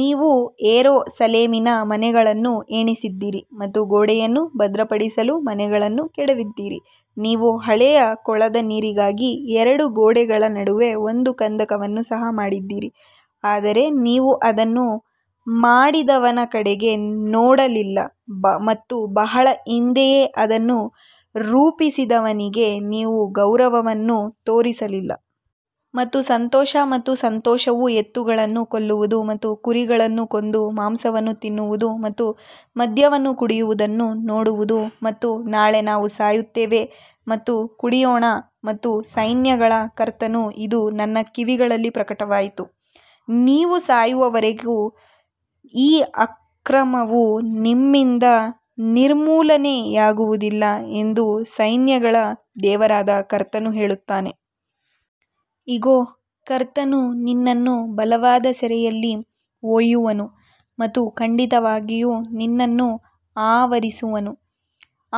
ನೀವು ಯೆರೂಸಲೇಮಿನ ಮನೆಗಳನ್ನು ಎಣಿಸಿದ್ದೀರಿ ಮತ್ತು ಗೋಡೆಯನ್ನು ಭದ್ರಪಡಿಸಲು ಮನೆಗಳನ್ನು ಕೆಡವಿದ್ದೀರಿ ನೀವು ಹಳೆಯ ಕೊಳದ ನೀರಿಗಾಗಿ ಎರಡು ಗೋಡೆಗಳ ನಡುವೆ ಒಂದು ಕಂದಕವನ್ನು ಸಹ ಮಾಡಿದ್ದೀರಿ ಆದರೆ ನೀವು ಅದನ್ನು ಮಾಡಿದವನ ಕಡೆಗೆ ನೋಡಲಿಲ್ಲ ಮತ್ತು ಬಹಳ ಹಿಂದೆಯೇ ಅದನ್ನು ರೂಪಿಸಿದವನಿಗೆ ನೀವು ಗೌರವವನ್ನು ತೋರಿಸಲಿಲ್ಲ. ಮತ್ತು ಸಂತೋಷ ಮತ್ತು ಸಂತೋಷವು ಎತ್ತುಗಳನ್ನು ಕೊಲ್ಲುವುದು ಮತ್ತು ಕುರಿಗಳನ್ನು ಕೊಂದು ಮಾಂಸವನ್ನು ತಿನ್ನುವುದು ಮತ್ತು ಮದ್ಯವನ್ನು ಕುಡಿಯುವುದನ್ನು ನೋಡುವುದು ಮತ್ತು ನಾಳೆ ನಾವು ಸಾಯುತ್ತೇವೆ ಮತ್ತು ಕುಡಿಯೋಣ ಮತ್ತು ಸೈನ್ಯಗಳ ಕರ್ತನು ಇದು ನನ್ನ ಕಿವಿಗಳಲ್ಲಿ ಪ್ರಕಟವಾಯಿತು, ನೀವು ಸಾಯುವವರೆಗೂ ಈ ಅಕ್ರಮವು ನಿಮ್ಮಿಂದ ನಿರ್ಮೂಲನೆಯಾಗುವುದಿಲ್ಲ ಎಂದು ಸೈನ್ಯಗಳ ದೇವರಾದ ಕರ್ತನು ಹೇಳುತ್ತಾನೆ. ಇಗೋ, ಕರ್ತನು ನಿನ್ನನ್ನು ಬಲವಾದ ಸೆರೆಯಲ್ಲಿ ಒಯ್ಯುವನು ಮತ್ತು ಖಂಡಿತವಾಗಿಯೂ ನಿನ್ನನ್ನು ಆವರಿಸುವನು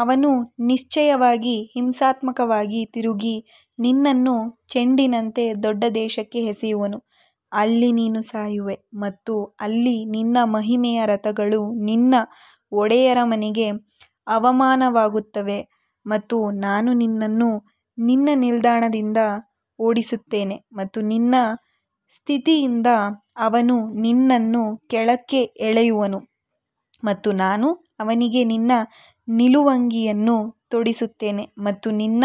ಅವನು ನಿಶ್ಚಯವಾಗಿ ಹಿಂಸಾತ್ಮಕವಾಗಿ ತಿರುಗಿ ನಿನ್ನನ್ನು ಚೆಂಡಿನಂತೆ ದೊಡ್ಡ ದೇಶಕ್ಕೆ ಎಸೆಯುವನು, ಅಲ್ಲಿ ನೀನು ಸಾಯುವೆ ಮತ್ತು ಅಲ್ಲಿ ನಿನ್ನ ಮಹಿಮೆಯ ರಥಗಳು ನಿನ್ನ ಒಡೆಯರ ಮನೆಗೆ ಅವಮಾನವಾಗುತ್ತವೆ ಮತ್ತು ನಾನು ನಿನ್ನನ್ನು ನಿನ್ನ ನಿಲ್ದಾಣದಿಂದ ಓಡಿಸುತ್ತೇನೆ ಮತ್ತು ನಿನ್ನ ಸ್ಥಿತಿಯಿಂದ ಅವನು ನಿನ್ನನ್ನು ಕೆಳಕ್ಕೆ ಎಳೆಯುವನು ಮತ್ತು ನಾನು ಅವನಿಗೆ ನಿನ್ನ ನಿಲುವಂಗಿಯನ್ನು ತೊಡಿಸುತ್ತೇನೆ ಮತ್ತು ನಿನ್ನ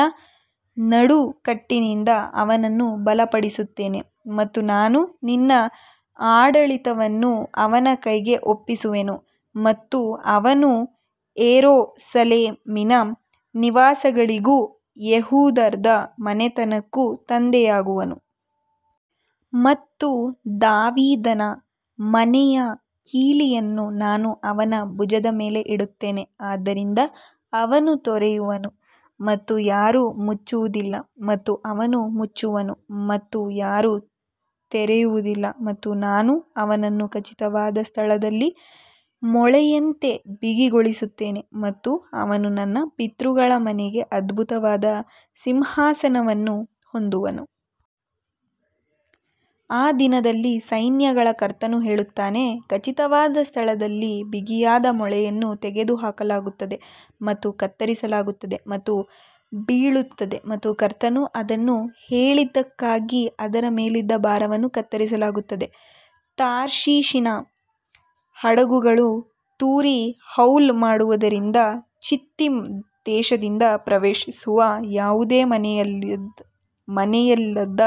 ನಡುಕಟ್ಟಿನಿಂದ ಅವನನ್ನು ಬಲಪಡಿಸುತ್ತೇನೆ ಮತ್ತು ನಾನು ನಿನ್ನ ಆಡಳಿತವನ್ನು ಅವನ ಕೈಗೆ ಒಪ್ಪಿಸುವೆನು ಮತ್ತು ಅವನು ಯೆರೂಸಲೇಮಿನ ನಿವಾಸಿಗಳಿಗೂ ಯೆಹೂದದ ಮನೆತನಕ್ಕೂ ತಂದೆಯಾಗುವನು. ಮತ್ತು ದಾವೀದನ ಮನೆಯ ಕೀಲಿಯನ್ನು ನಾನು ಅವನ ಭುಜದ ಮೇಲೆ ಇಡುತ್ತೇನೆ, ಆದ್ದರಿಂದ ಅವನು ತೆರೆಯುವನು ಮತ್ತು ಯಾರೂ ಮುಚ್ಚುವುದಿಲ್ಲ ಮತ್ತು ಅವನು ಮುಚ್ಚುವನು ಮತ್ತು ಯಾರೂ ತೆರೆಯುವುದಿಲ್ಲ ಮತ್ತು ನಾನು ಅವನನ್ನು ಖಚಿತವಾದ ಸ್ಥಳದಲ್ಲಿ ಮೊಳೆಯಂತೆ ಬಿಗಿಗೊಳಿಸುತ್ತೇನೆ ಮತ್ತು ಅವನು ತನ್ನ ಪಿತೃಗಳ ಮನೆಗೆ ಅದ್ಭುತವಾದ ಸಿಂಹಾಸನವನ್ನು ಹೊಂದುವನು. ಆ ದಿನದಲ್ಲಿ ಸೈನ್ಯಗಳ ಕರ್ತನು ಹೇಳುತ್ತಾನೆ, ಖಚಿತವಾದ ಸ್ಥಳದಲ್ಲಿ ಬಿಗಿಯಾದ ಮೊಳೆಯನ್ನು ತೆಗೆದುಹಾಕಲಾಗುತ್ತದೆ ಮತ್ತು ಕತ್ತರಿಸಲಾಗುತ್ತದೆ ಮತ್ತು ಬೀಳುತ್ತದೆ ಮತ್ತು ಕರ್ತನು ಅದನ್ನು ಹೇಳಿದ್ದಕ್ಕಾಗಿ ಅದರ ಮೇಲಿದ್ದ ಭಾರವನ್ನು ಕತ್ತರಿಸಲಾಗುತ್ತದೆ. ತಾರ್ಷೀಷಿನ ಹಡಗುಗಳು ತೂರಿ ಹೌಲ್ ಮಾಡುವುದರಿಂದ ಚಿತ್ತೀಮ್ ದೇಶದಿಂದ ಪ್ರವೇಶಿಸುವ ಯಾವುದೇ ಮನೆಯಿಲ್ಲದ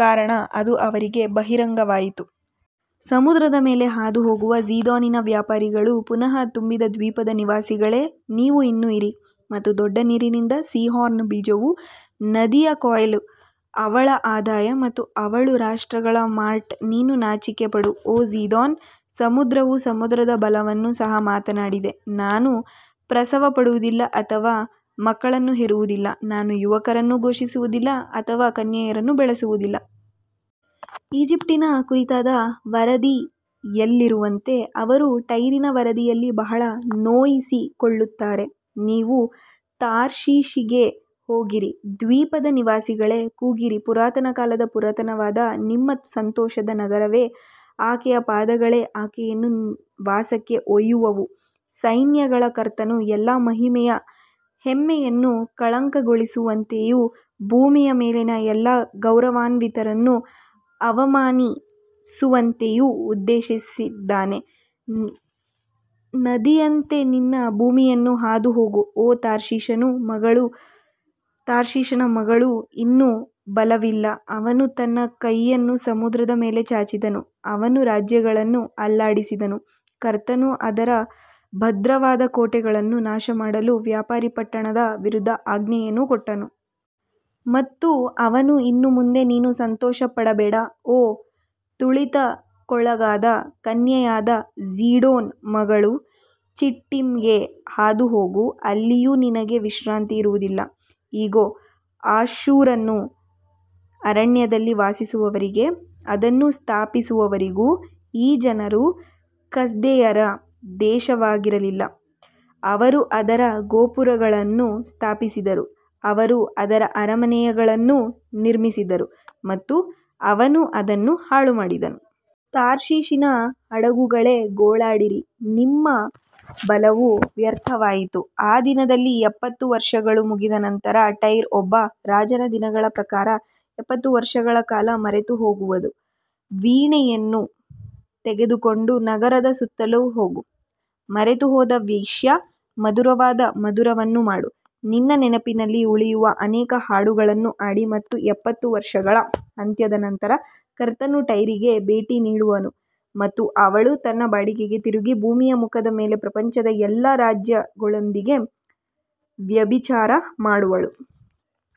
ಕಾರಣ ಅದು ಅವರಿಗೆ ಬಹಿರಂಗವಾಯಿತು. ಸಮುದ್ರದ ಮೇಲೆ ಹಾದುಹೋಗುವ ಝೀದೋನಿನ ವ್ಯಾಪಾರಿಗಳು ಪುನಃ ತುಂಬಿದ ದ್ವೀಪದ ನಿವಾಸಿಗಳೇ, ನೀವು ಇನ್ನೂ ಇರಿ. ಮತ್ತು ದೊಡ್ಡ ನೀರಿನಿಂದ ಸೀಹೋರ್ನ ಬೀಜವು ನದಿಯ ಕೊಯ್ಲು ಅವಳ ಆದಾಯ ಮತ್ತು ಅವಳು ರಾಷ್ಟ್ರಗಳ ಮಾರ್ಟ್ ನೀನು ನಾಚಿಕೆಪಡು ಓ ಝೀದೋನ್, ಸಮುದ್ರವು ಸಮುದ್ರದ ಬಲವನ್ನು ಸಹ ಮಾತನಾಡಿದೆ, ನಾನು ಪ್ರಸವಪಡುವುದಿಲ್ಲ ಅಥವಾ ಮಕ್ಕಳನ್ನು ಹೆರುವುದಿಲ್ಲ, ನಾನು ಯುವಕರನ್ನು ಪೋಷಿಸುವುದಿಲ್ಲ ಅಥವಾ ಕನ್ಯೆಯರನ್ನು ಬೆಳೆಸುವುದಿಲ್ಲ. ಈಜಿಪ್ಟಿನ ಕುರಿತಾದ ವರದಿಯಲ್ಲಿರುವಂತೆ ಅವರು ಟೈರಿನ ವರದಿಯಲ್ಲಿ ಬಹಳ ನೋಯಿಸಿಕೊಳ್ಳುತ್ತಾರೆ ನೀವು ತಾರ್ಷೀಷ್ಗೆ ಹೋಗಿರಿ, ದ್ವೀಪದ ನಿವಾಸಿಗಳೇ ಕೂಗಿರಿ ಪುರಾತನ ಕಾಲದ ಪುರಾತನವಾದ ನಿಮ್ಮ ಸಂತೋಷದ ನಗರವೇ ಆಕೆಯ ಪಾದಗಳೇ ಆಕೆಯನ್ನು ವಾಸಕ್ಕೆ ಒಯ್ಯುವವು ಸೈನ್ಯಗಳ ಕರ್ತನು ಎಲ್ಲಾ ಮಹಿಮೆಯ ಹೆಮ್ಮೆಯನ್ನು ಕಳಂಕಗೊಳಿಸುವಂತೆಯೂ ಭೂಮಿಯ ಮೇಲಿನ ಎಲ್ಲಾ ಗೌರವಾನ್ವಿತರನ್ನು ಅವಮಾನಿಸುವಂತೆಯೂ ಉದ್ದೇಶಿಸಿದ್ದಾನೆ ನದಿಯಂತೆ ನಿನ್ನ ಭೂಮಿಯನ್ನು ಹಾದು ಹೋಗು ಓ ತಾರ್ಷೀಷನ ಮಗಳು ಇನ್ನು ಬಲವಿಲ್ಲ ಅವನು ತನ್ನ ಕೈಯನ್ನು ಸಮುದ್ರದ ಮೇಲೆ ಚಾಚಿದನು, ಅವನು ರಾಜ್ಯಗಳನ್ನು ಅಲ್ಲಾಡಿಸಿದನು, ಕರ್ತನು ಅದರ ಭದ್ರವಾದ ಕೋಟೆಗಳನ್ನು ನಾಶಮಾಡಲು ವ್ಯಾಪಾರಿ ಪಟ್ಟಣದ ವಿರುದ್ಧ ಆಜ್ಞೆಯನ್ನು ಕೊಟ್ಟನು. ಮತ್ತು ಅವನು ಇನ್ನು ಮುಂದೆ ನೀನು ಸಂತೋಷಪಡಬೇಡ, ಓ ತುಳಿತಕ್ಕೊಳಗಾದ ಕನ್ಯೆಯಾದ ಜಿಡೋನ್ ಮಗಳು ಚಿಟ್ಟಿಮ್ಗೆ ಹಾದುಹೋಗು ಅಲ್ಲಿಯೂ ನಿನಗೆ ವಿಶ್ರಾಂತಿ ಇರುವುದಿಲ್ಲ. ಇಗೋ, ಅಶ್ಶೂರನು ಅರಣ್ಯದಲ್ಲಿ ವಾಸಿಸುವವರಿಗೆ ಅದನ್ನು ಸ್ಥಾಪಿಸುವವರೆಗೂ ಈ ಜನರು ಕಸ್ದೀಯರ ದೇಶವಾಗಿರಲಿಲ್ಲ, ಅವರು ಅದರ ಗೋಪುರಗಳನ್ನು ಸ್ಥಾಪಿಸಿದರು, ಅವರು ಅದರ ಅರಮನೆಗಳನ್ನು ನಿರ್ಮಿಸಿದರು ಮತ್ತು ಅವನು ಅದನ್ನು ಹಾಳುಮಾಡಿದನು. ತಾರ್ಷೀಷಿನ ಹಡಗುಗಳೇ ಗೋಳಾಡಿರಿ ನಿಮ್ಮ ಬಲವು ವ್ಯರ್ಥವಾಯಿತು ಆ ದಿನದಲ್ಲಿ ಎಪ್ಪತ್ತು ವರ್ಷಗಳು ಮುಗಿದ ನಂತರ ಟೈರ್ ಒಬ್ಬ ರಾಜನ ದಿನಗಳ ಪ್ರಕಾರ ಎಪ್ಪತ್ತು ವರ್ಷಗಳ ಕಾಲ ಮರೆತುಹೋಗುವದು ವೀಣೆಯನ್ನು ತೆಗೆದುಕೊಂಡು ನಗರದ ಸುತ್ತಲೂ ಹೋಗು, ಮರೆತುಹೋದ ವೇಶ್ಯೆ, ಮಧುರವಾದ ಮಧುರವನ್ನು ಮಾಡು ನಿನ್ನ ನೆನಪಿನಲ್ಲಿ ಉಳಿಯುವ ಅನೇಕ ಹಾಡುಗಳನ್ನು ಹಾಡಿ ಮತ್ತು ಎಪ್ಪತ್ತು ವರ್ಷಗಳ ಅಂತ್ಯದ ನಂತರ ಕರ್ತನು ಟೈರಿಗೆ ಭೇಟಿ ನೀಡುವನು ಮತ್ತು ಅವಳು ತನ್ನ ಬಾಡಿಗೆಗೆ ತಿರುಗಿ ಭೂಮಿಯ ಮುಖದ ಮೇಲೆ ಪ್ರಪಂಚದ ಎಲ್ಲಾ ರಾಜ್ಯಗಳೊಂದಿಗೆ ವ್ಯಭಿಚಾರ ಮಾಡುವಳು.